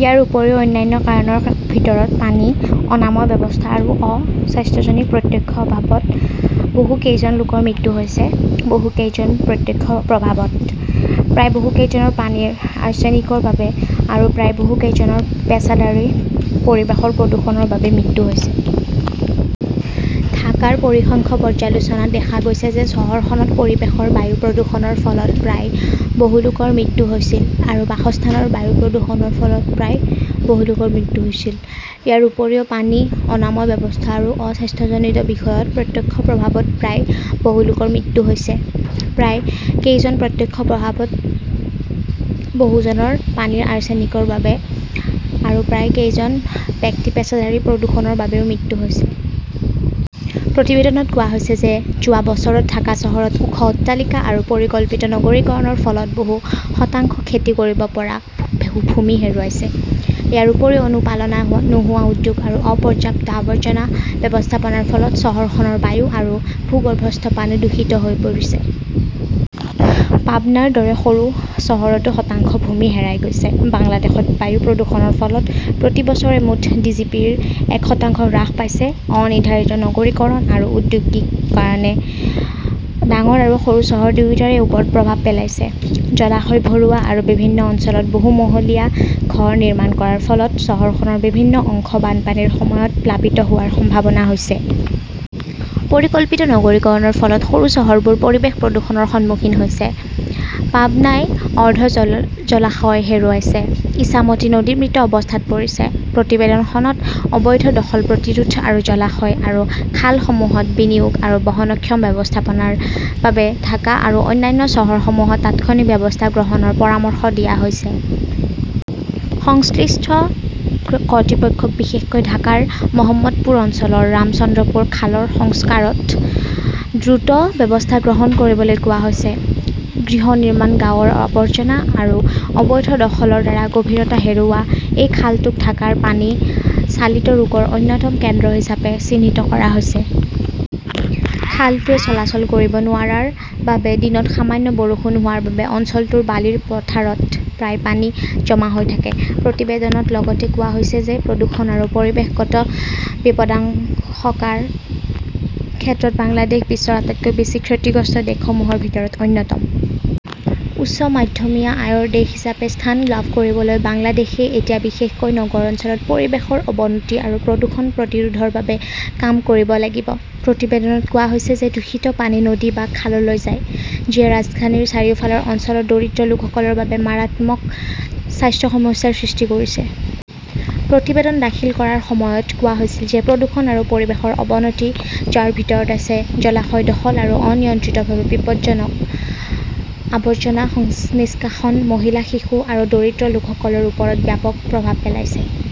ইয়াৰ উপৰিও অন্যান্য কাৰণৰ ভিতৰত পানী, অনাময় ব্যৱস্থা আৰু অ-স্বাস্থ্যজনিত প্ৰত্যক্ষ প্ৰভাৱত বহু কেইজন লোকৰ মৃত্যু হৈছে, বহু কেইজন প্ৰত্যক্ষ প্ৰভাৱত, প্ৰায় বহু কেইজনৰ পানীৰ আৰ্ছেনিকৰ বাবে আৰু প্ৰায় বহু কেইজনৰ পেছাদাৰী পৰিৱেশৰ প্ৰদূষণৰ বাবে মৃত্যু হৈছে। ঢাকাৰ পৰিসংখ্যা পৰ্যালোচনাত দেখা গৈছে যে চহৰখনত পৰিৱেশৰ বায়ু প্ৰদূষণৰ ফলত প্ৰায়, বহুলোকৰ মৃত্যু হৈছিল আৰু বাসস্থানৰ বায়ু প্ৰদূষণৰ ফলত প্ৰায়, বহুলোকৰ মৃত্যু হৈছিল। ইয়াৰ উপৰিও পানী, অনাময় ব্যৱস্থা আৰু অ-স্বাস্থ্যজনিত বিষয়ত প্ৰত্যক্ষ প্ৰভাৱত প্ৰায় বহুলোকৰ মৃত্যু হৈছে, প্ৰায় কেইজন প্ৰত্যক্ষ প্ৰভাৱত, বহুজন পানীৰ আৰ্ছেনিকৰ বাবে আৰু প্ৰায় কেইজন ব্যক্তি পেছাদাৰী প্ৰদূষণৰ বাবেও মৃত্যু হৈছে। প্ৰতিবেদনত কোৱা হৈছে যে যোৱা বছৰত ঢাকা চহৰত ওখ অট্টালিকা আৰু পৰিকল্পিত নগৰীকৰণৰ ফলত বহু শতাংশ খেতি কৰিব পৰা ভূমি হেৰুৱাইছে। ইয়াৰ উপৰিও অনুপালনা নোহোৱা উদ্যোগ আৰু অপৰ্যাপ্ত আৱৰ্জনা ব্যৱস্থাপনাৰ ফলত চহৰখনৰ বায়ু আৰু ভূগৰ্ভস্থ পানী দূষিত হৈ পৰিছে। পাবনাৰ দৰে সৰু চহৰতো শতাংশ ভূমি হেৰাই গৈছে। বাংলাদেশত বায়ু প্ৰদূষণৰ ফলত প্ৰতি বছৰে মুঠ জিডিপিৰ এক শতাংশ হ্ৰাস পাইছে। অনিৰ্ধাৰিত নগৰীকৰণ আৰু ঔদ্যোগিকৰণে ডাঙৰ আৰু সৰু চহৰ দুয়োটাৰে ওপৰত প্ৰভাৱ পেলাইছে। জলাশয় ভৰোৱা আৰু বিভিন্ন অঞ্চলত বহুমহলীয়া ঘৰ নিৰ্মাণ কৰাৰ ফলত চহৰখনৰ বিভিন্ন অংশ বানপানীৰ সময়ত প্লাবিত হোৱাৰ সম্ভাৱনা হৈছে। পৰিকল্পিত নগৰীকৰণৰ ফলত সৰু চহৰবোৰ পৰিৱেশ প্ৰদূষণৰ সন্মুখীন হৈছে। পাবনাইৰ অৰ্ধ জলাশয় হেৰুৱাইছে। ইছামতী নদী মৃত অৱস্থাত পৰিছে। প্ৰতিবেদনখনত অবৈধ দখল প্ৰতিৰোধ আৰু জলাশয় আৰু খালসমূহত বিনিয়োগ আৰু বহনক্ষম ব্যৱস্থাপনাৰ বাবে ঢাকা আৰু অন্যান্য চহৰসমূহত তাৎক্ষণিক ব্যৱস্থা গ্ৰহণৰ পৰামৰ্শ দিয়া হৈছে। সংশ্লিষ্ট কৰ্তৃপক্ষক বিশেষকৈ ঢাকাৰ মহম্মদপুৰ অঞ্চলৰ ৰামচন্দ্ৰপুৰ খালৰ সংস্কাৰত দ্ৰুত ব্যৱস্থা গ্ৰহণ কৰিবলৈ কোৱা হৈছে। গৃহ নিৰ্মাণ গাঁৱৰ আৱৰ্জনা আৰু অবৈধ দখলৰ দ্বাৰা গভীৰতা হেৰুওৱা, এই খালটোক ঢাকাৰ পানী-চালিত ৰোগৰ অন্যতম কেন্দ্ৰ হিচাপে চিহ্নিত কৰা হৈছে। খালটোৱে চলাচল কৰিব নোৱাৰাৰ বাবে দিনত সামান্য বৰষুণ হোৱাৰ বাবে অঞ্চলটোৰ বালিৰ পথাৰত প্ৰায় পানী জমা হৈ থাকে। প্ৰতিবেদনত লগতে কোৱা হৈছে যে প্ৰদূষণ আৰু পৰিৱেশগত বিপদাশংকাৰ ক্ষেত্ৰত বাংলাদেশ বিশ্বৰ আটাইতকৈ বেছি ক্ষতিগ্ৰস্ত দেশসমূহৰ ভিতৰত অন্যতম। উচ্চ মধ্যমীয়া আয়ৰ দেশ হিচাপে স্থান লাভ কৰিবলৈ বাংলাদেশই এতিয়া বিশেষকৈ নগৰ অঞ্চলত পৰিৱেশৰ অৱনতি আৰু প্ৰদূষণ প্ৰতিৰোধৰ বাবে কাম কৰিব লাগিব। প্ৰতিবেদনত কোৱা হৈছে যে দূষিত পানী নদী বা খাললৈ যায়। যিয়ে ৰাজধানীৰ চাৰিওফালৰ অঞ্চলৰ দৰিদ্ৰ লোকসকলৰ বাবে মাৰাত্মক স্বাস্থ্য সমস্যাৰ সৃষ্টি কৰিছে। প্ৰতিবেদনখন দাখিল কৰাৰ সময়ত কোৱা হৈছিল যে প্ৰদূষণ আৰু পৰিৱেশৰ অৱনতি, যাৰ ভিতৰত আছে জলাশয় দখল আৰু অনিয়ন্ত্ৰিতভাৱে বিপজ্জনক আৱৰ্জনা নিষ্কাশন, মহিলা, শিশু আৰু দৰিদ্ৰ লোকসকলৰ ওপৰত ব্যাপক প্ৰভাৱ পেলাইছে।